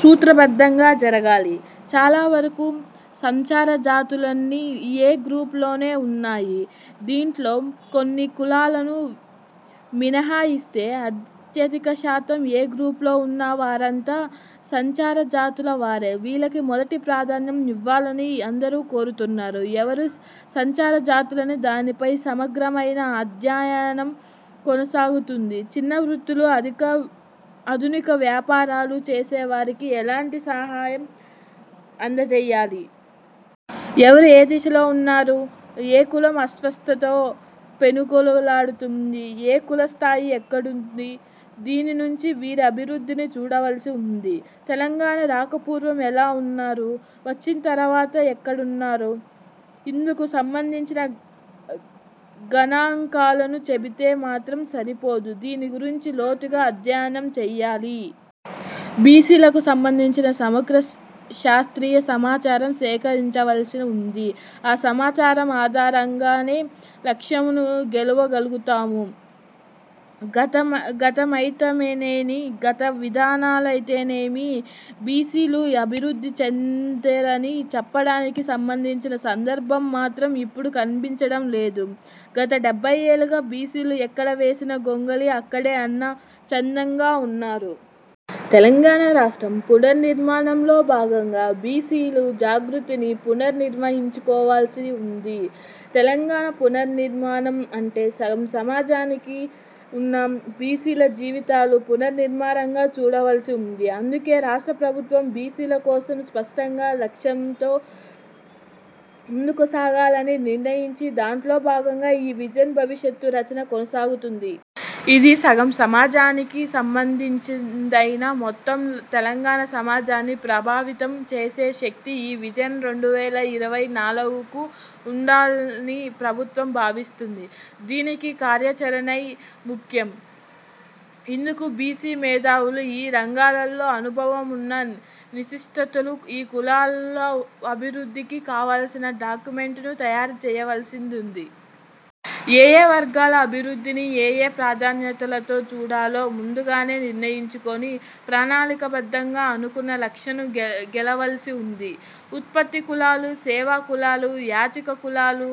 సూత్రబద్ధంగా జరగాలి. చాలా వరకు సంచారజాతులన్నీ 'ఏ' గ్రూపులోనే ఉన్నాయి. దీంట్లో కొన్ని కులాలను మినహాయిస్తే అత్యధిక శాతం 'ఏ' గ్రూపులో ఉన్న వారంతా సంచారజాతులవారే. వీళ్లకు మొదటి ప్రాధాన్యం ఇవ్వాలని అందరూ కోరుతున్నారు. ఎవరు సంచారజాతులన్న దానిపై సమగ్రమైన అధ్యయనం కొనసాగుతుంది. చిన్న వృత్తులు, ఆధునిక వ్యాపారాలు చేసేవారికి ఎలాంటి సాహయం అందజేయాలి. ఎవరు? ఏ దశలో ఉన్నారు? ఏ కులం అస్తిత్వంతో పెనుగులాడుతుంది. ఏ కుల స్థాయి ఎక్కడుంది? దీని నుంచి వీరి అభివృద్ధిని చూడవల్సి ఉంది. తెలంగాణ రాకపూర్వం ఎలా ఉన్నారు? వచ్చిన తర్వాత ఎక్కడున్నారు? ఇందుకు సంబంధించి గణాంకాలను చెబితే మాత్రమే సరిపోదు. దీని గురించి లోతుగా అధ్యయనం చేయాలి. బీసీలకు సంబంధించిన సమగ్ర శాస్త్రీయ సమాచారం సేకరించవల్సి ఉంది. ఆ సమాచారం ఆధారంగానే లక్ష్యాలను గెలవగలుతాం. గతమైతేనేమి, గత విధానాలైతేనేమి బీసీలు అభివృద్ధి చెందారని చెప్పడానికి సంబంధించిన సందర్భం మాత్రం ఇప్పుడు కన్పించడం లేదు. గత డెబ్బై ఏళ్లుగా బీసీలు ఎక్కడ వేసిన గొంగళి అక్కడే అన్న చందంగా ఉన్నారు. తెలంగాణ రాష్ట్ర పునర్నిర్మాణంలో భాగంగా బీసీల జాగృతిని పునర్ నిర్వచించుకోవల్సి ఉంది. తెలంగాణ పునర్నిర్మాణం అంటే సగం సమాజంగా ఉన్న బీసీల జీవితాలు పునర్నిర్మాణంగా చూడవల్సి ఉంది. అందుకే రాష్ట్ర ప్రభుత్వం బీసీల కోసం స్పష్టమైన లక్ష్యాలతో ముందుకు సాగాలని నిర్ణయించిన దాంట్లో భాగంగా ఈ విజన్ భవిష్యత్ రచన కొనసాగుతుంది. ఇది సగం సమాజానికి సంబంధించినదైనా మొత్తం తెలంగాణ సమాజాన్ని ప్రభావితం చేసే శక్తి ఈ విజన్ రెండు వేల ఇరవై నాలుగుకు ఉండాలని ప్రభుత్వం భావిస్తుంది. దీనికి కార్యాచరణే ముఖ్యం. ఇందుకు బీసీ మేధావులు, ఈ రంగాలలో అనుభవం ఉన్న నిష్ణాతులు ఈ కులాల అభివృద్ధికి కావాల్సిన డాక్యుమెంటును తయారుచేయవల్సి ఉంటుంది. ఏయే వర్గాల అభివృద్ధిని ఏయే ప్రాధాన్యతలతో చూడాలో ముందుగానే నిర్ణయించుకొని ప్రణాళికబద్ధంగా అనుకున్న లక్ష్యాలను గెలవవలసి ఉంది. ఉత్పత్తి కులాలు, సేవాకులాలు, యాచక కులాలు,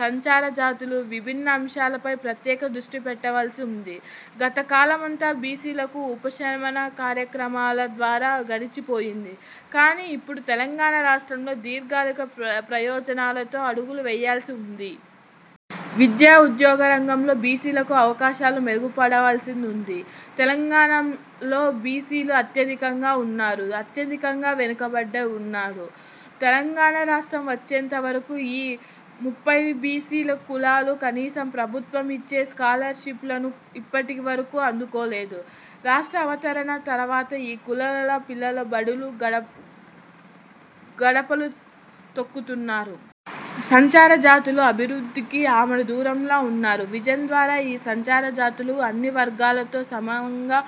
సంచారజాతులు విభిన్న అంశాలపై ప్రత్యేక దృష్టిపెట్టవల్సి ఉంది. గత కాలమంతా బీసీలకు ఉపశమన కార్యక్రమాల ద్వారా గడిచిపోయింది. కాని ఇప్పుడు తెలంగాణ రాష్ట్రంలో దీర్ఘకాలిక ప్రయోజనాలతో అడుగులు వేయవల్సి ఉంది. విద్యా, ఉద్యోగరంగాల్లో బీసీలకు అవకాశాలు మెరుగుపడవల్సి ఉంది. తెలంగాణలో బీసీలు అత్యధికంగా ఉన్నారు. అత్యధికంగా వెనుకబడి ఉన్నారు. తెలంగాణ రాష్ట్రం వచ్చేంత వరకు ఓ ముప్పై బీసీ కులాలు కనీసం ప్రభుత్వం ఇచ్చే స్కాలర్ షిప్ లను ఇప్పటి వరకు అందుకోలేదు. రాష్ట్ర అవతరణ తర్వాత ఈ కులాలు పిల్లలు బడి గడపలు తొక్కుతున్నారు. సంచారజాతులు అభివృద్ధికి ఆమడ దూరంలో ఉన్నారు. విజన్ ద్వారా ఈ సంచారజాతులు అన్ని వర్గాలతో సమంగా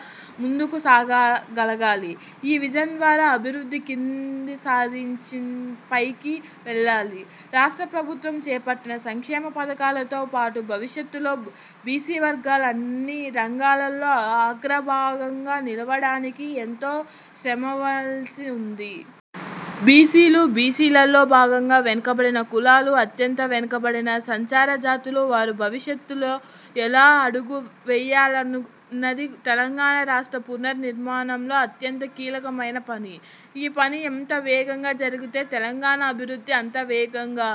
ముందుకు సాగగలగాలి. ఈ విజన్ ద్వారా అభివృద్ధి కిందిస్థాయినుంచి పైకి వెళ్లాలి. రాష్ట్ర ప్రభుత్వం చేపట్టిన సంక్షేమ పథకాలతో పాటు భవిష్యత్తులో బీసీ వర్గాలు అన్ని రంగాలలో అగ్రభాగాన నిలవడానికి ఎంతో శ్రమించవల్సి ఉంది. బీసీలు, బీసీలలో బాగా వెనుకబడిన కులాలు, అత్యంత వెనుకబడిన సంచారజాతుల వారు భవిష్యత్లో ఎలా అడుగులు వేయాలోనన్నది తెలంగాణ రాష్ట్ర పునర్నిర్మాణంలో అత్యంత కీలకమైన పని. ఈ పని ఎంత వేగంగా జరిగితే తెలంగాణ అభివృద్ధి అంత వేగంగా